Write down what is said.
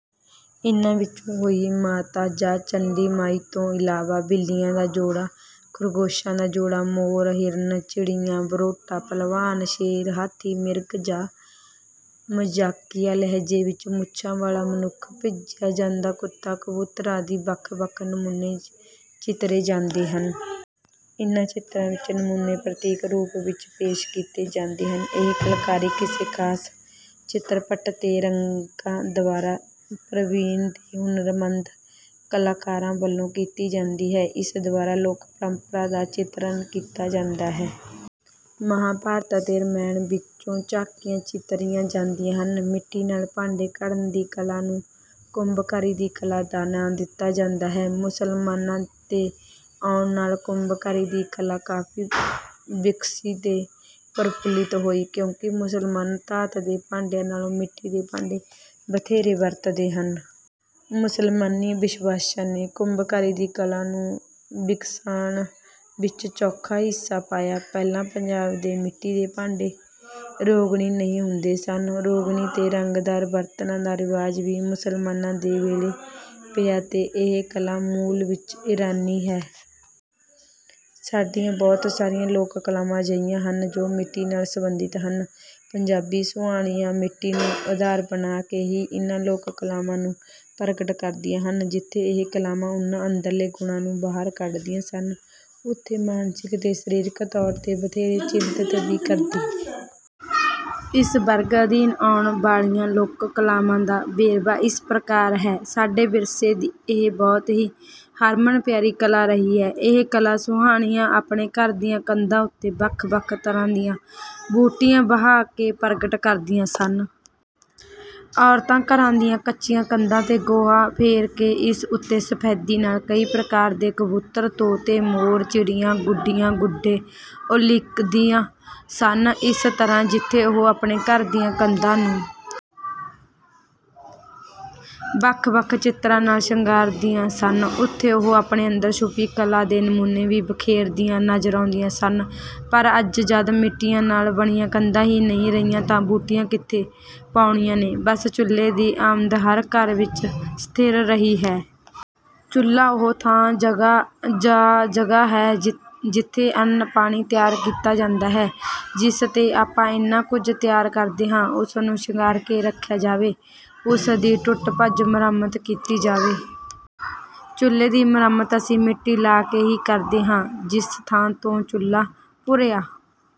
ਇਨ੍ਹਾਂ ਵਿੱਚ ਹੋਈ ਮਾਤਾ ਜਾਂ ਚੰਡੀ ਮਾਈ ਤੋਂ ਇਲਾਵਾ ਬਿੱਲੀਆਂ ਦਾ ਜੋੜਾਂ, ਖ਼ਰਗੋਸ਼ਾਂ ਦਾ ਜੋੜਾਂ, ਮੋਰ, ਹਿਰਨ, ਚਿੜੀਆਂ, ਬਰੋਟਾ, ਭਲਵਾਨ, ਸ਼ੇਰ, ਹਾਥੀ, ਮਿਰਗ ਜਾਂ ਮਜ਼ਾਕੀਆ ਲਹਿਜੇ ਵਿੱਚ ਮੁੱਛਾਂ ਵਾਲਾ ਮਨੁੱਖ, ਭੱਜਿਆ ਜਾਂਦਾ ਕੁੱਤਾ, ਕਬੂਤਰ ਆਦਿ ਵੱਖ ਵੱਖ ਨਮੂਨੇ ਚਿੱਤਰੇ ਜਾਂਦੇ ਹਨ। ਇਨ੍ਹਾਂ ਚਿੱਤਰਾਂ ਵਿੱਚ ਨਮੂਨੇ ਪ੍ਰਤੀਕ ਰੂਪ ਵਿੱਚ ਪੇਸ਼ ਕੀਤੇ ਜਾਂਦੇ ਹਨ। ਇਹ ਕਲਾਕਾਰੀ ਕਿਸੇ ਖਾਸ ਚਿੱਤਰਪਟ ਤੇ ਰੰਗਾਂ ਦੁਆਰਾ ਪਰਬੀਨ ਤੇ ਹੁਨਰਮੰਦ ਕਲਾਕਾਰਾਂ ਵਲੋਂ ਕੀਤੀ ਜਾਂਦੀ ਹੈ। ਇਸ ਦੁਆਰਾ ਲੋਕ ਪਰੰਪਰਾਂ ਦਾ ਚਿੱਤਰਨ ਕੀਤਾ ਜਾਂਦਾ ਹੈ। ਮਹਾਂਭਾਰਤ ਅਤੇ ਰਮਾਇਣ ਵਿੱਚੋਂ ਝਾਕੀਆਂ ਚਿੱਤਰੀਆਂ ਜਾਂਦੀਆਂ ਹਨ। ਮਿੱਟੀ ਨਾਲ ਭਾਂਡੇ ਘੜਨ ਦੀ ਕਲਾ ਨੂੰ ਕੁੰਭਕਾਰੀ ਦੀ ਕਲਾ ਦਾ ਨਾਂ ਦਿੱਤਾ ਜਾਂਦਾ ਹੈ, ਮੁਸਲਮਾਨਾ ਤੇ ਆਉਣ ਨਾਲ ਕੁੰਭਕਾਰੀ ਦੀ ਕਲਾ ਕਾਫੀ ਵਿਗਸੀ ਤੇ ਪ੍ਰਫੁੱਲਿਤ ਹੋਈ ਕਿਉਂਕਿ ਮੁਸਲਮਾਨ ਧਾਤ ਦੇ ਭਾਂਡਿਆਂ ਨਾਲੋਂ ਮਿੱਟੀ ਦੇ ਭਾਂਡੇ ਵਧੇਰੇ ਵਰਤਦੇ ਹਨ। ਮੁਸਲਮਾਨੀ ਵਿਸ਼ਵਾਸਾਂ ਨੇ ਕੁੰਭਕਾਰੀ ਦੀ ਕਲਾ ਨੂੰ ਵਿਗਸਾਣ ਵਿੱਚ ਚੌਖਾ ਹਿੱਸਾ ਪਾਇਆ। ਪਹਿਲਾਂ ਪੰਜਾਬ ਦੇ ਮਿੱਟੀ ਦੇ ਭਾਂਡੇ ਰੋਗਨੀ ਨਹੀਂ ਹੁੰਦੇ ਸਨ। ਰੋਗਨੀ ਤੇ ਰੰਗਦਾਰ ਬਰਤਨਾਂ ਦਾ ਰਿਵਾਜ ਵੀ ਮੁਸਲਮਾਨਾਂ ਦੇ ਵੇਲੇ ਪਿਆ ਤੇ ਇਹ ਕਲਾ ਮੂਲ ਵਿੱਚ ਈਰਾਨੀ ਹੈ। ਸਾਡੀਆਂ ਬਹੁਤ ਸਾਰੀਆਂ ਲੋਕ-ਕਲਾਵਾਂ ਅਜਿਹੀਆਂ ਹਨ, ਜੋ ਮਿੱਟੀ ਨਾਲ ਸੰਬੰਧਿਤ ਹਨ। ਪੰਜਾਬੀ ਸੁਆਣੀਆਂ ਮਿੱਟੀ ਨੂੰ ਆਧਾਰ ਬਣਾ ਕੇ ਹੀ ਇਨ੍ਹਾਂ ਲੋਕ-ਕਲਾਵਾਂ ਨੂੰ ਪ੍ਰਗਟ ਕਰਦੀਆਂ ਹਨ। ਜਿੱਥੇ ਇਹ ਕਲਾਵਾਂ ਉਨ੍ਹਾਂ ਅੰਦਰਲੇ ਗੁਣਾਂ ਨੂੰ ਬਾਹਰ ਕੱਢਦੀਆਂ ਸਨ, ਉੱਥੇ ਮਾਨਸਿਕ ਤੇ ਸਰੀਰਕ ਤੌਰ ਤੇ ਵਧੇਰੇ ਚੇਤੰਨ ਵੀ ਕਰਦੀਆਂ ਸਨ। ਇਸ ਵਰਗ ਅਧੀਨ ਆਉਣ ਵਾਲੀਆਂ ਲੋਕ ਕਲਾਵਾਂ ਦਾ ਵੇਰਵਾ ਇਸ ਪ੍ਰਕਾਰ ਹੈ ਸਾਡੇ ਵਿਰਸੇ ਦੀ ਇਹ ਬਹੁਤ ਹੀ ਹਰਮਨ ਪਿਆਰੀ ਕਲਾ ਰਹੀ ਹੈ। ਇਹ ਕਲਾ ਸੁਆਣੀਆਂ ਆਪਣੇ ਘਰ ਦੀਆਂ ਕੰਧਾਂ ਉੱਤੇ ਵੱਖ-ਵੱਖ ਤਰ੍ਹਾਂ ਦੀਆਂ ਬੂਟੀਆਂ ਵਾਹ ਕੇ ਪ੍ਰਗਟ ਕਰਦੀਆਂ ਸਨ। ਔਰਤਾਂ ਘਰ ਦੀਆਂ ਕੱਚੀਆਂ ਕੰਧਾਂ ਤੇ ਗੋਹਾ ਫੇਰ ਕੇ ਇਸ ਉੱਤੇ ਸਫ਼ੈਦੀ ਨਾਲ ਕਈ ਪ੍ਰਕਾਰ ਦੇ ਕਬੂਤਰ, ਤੋਤੇ, ਮੋਰ, ਚਿੜੀਆਂ, ਗੁੱਡੀਆਂ, ਗੁੱਡੇ ਉਲ੍ਹੀਕਦੀਆਂ ਸਨ। ਇਸ ਤਰ੍ਹਾ ਜਿੱਥੇ ਉਹ ਆਪਣੇ ਘਰਾਂ ਦੀਆਂ ਕੰਧਾਂ ਨੂੰ ਵੱਖ-ਵੱਖ ਚਿੱਤਰਾਂ ਨਾਲ ਸ਼ਿੰਗਾਰ ਦੀਆ ਸਨ, ਉਥੇ ਉਹ ਆਪਣੇ ਅੰਦਰ ਛੁਪੀ ਕਲਾ ਦੇ ਨਮੂਨੇ ਵੀ ਬਿਖੇਰ ਦੀਆ ਨਜ਼ਰ ਆਉਂਦੀਆ ਸਨ, ਪਰ ਅੱਜ ਜਦ ਮਿੱਟੀਆਂ ਨਾਲ ਬਣੀਆਂ ਕੰਧਾਂ ਹੀ ਨਹੀਂ ਰਹੀਆਂ, ਤਾਂ ਬੂਟੀਆਂ ਕਿੱਥੇ ਪਾਊਣੀਆ ਨੇ ਬਸ ਚੁੱਲੇ ਦੀ ਆਮਦ ਹਰ ਘਰ ਵਿਚ ਸਥਿਰ ਰਹੀ ਹੈ। ਚੁੱਲ੍ਹਾ ਉਹ ਥਾਂ ਜਾਂ ਜਗ੍ਹਾਂ ਹੈ, ਜਿੱਥੇ ਅੰਨ, ਪਾਣੀ ਤਿਆਰ ਕੀਤਾ ਜਾਂਦਾ ਹੈ। ਜਿਸ ਤੇ ਆਪਾਂ ਏਨਾ ਕੁਝ ਤਿਆਰ ਕਰਦੇ ਹਾਂ ਉਸ ਨੂੰ ਸ਼ਿੰਗਾਰ ਕੇ ਰੱਖਿਆ ਜਾਵੇ। ਉਸ ਦੀ ਟੁੱਟ-ਭੱਜ ਮੁਰੰਮਤ ਕੀਤੀ ਜਾਵੇ। ਚੁੱਲ੍ਹੇ ਦੀ ਮੁਰੰਮਤ ਅਸੀਂ ਮਿੱਟੀ ਲਾ ਕੇ ਹੀ ਕਰ ਸਕਦੇ ਹਾਂ। ਜਿਸ ਥਾਂ ਤੋਂ ਚੁੱਲ੍ਹਾਂ ਭੁਰਿਆ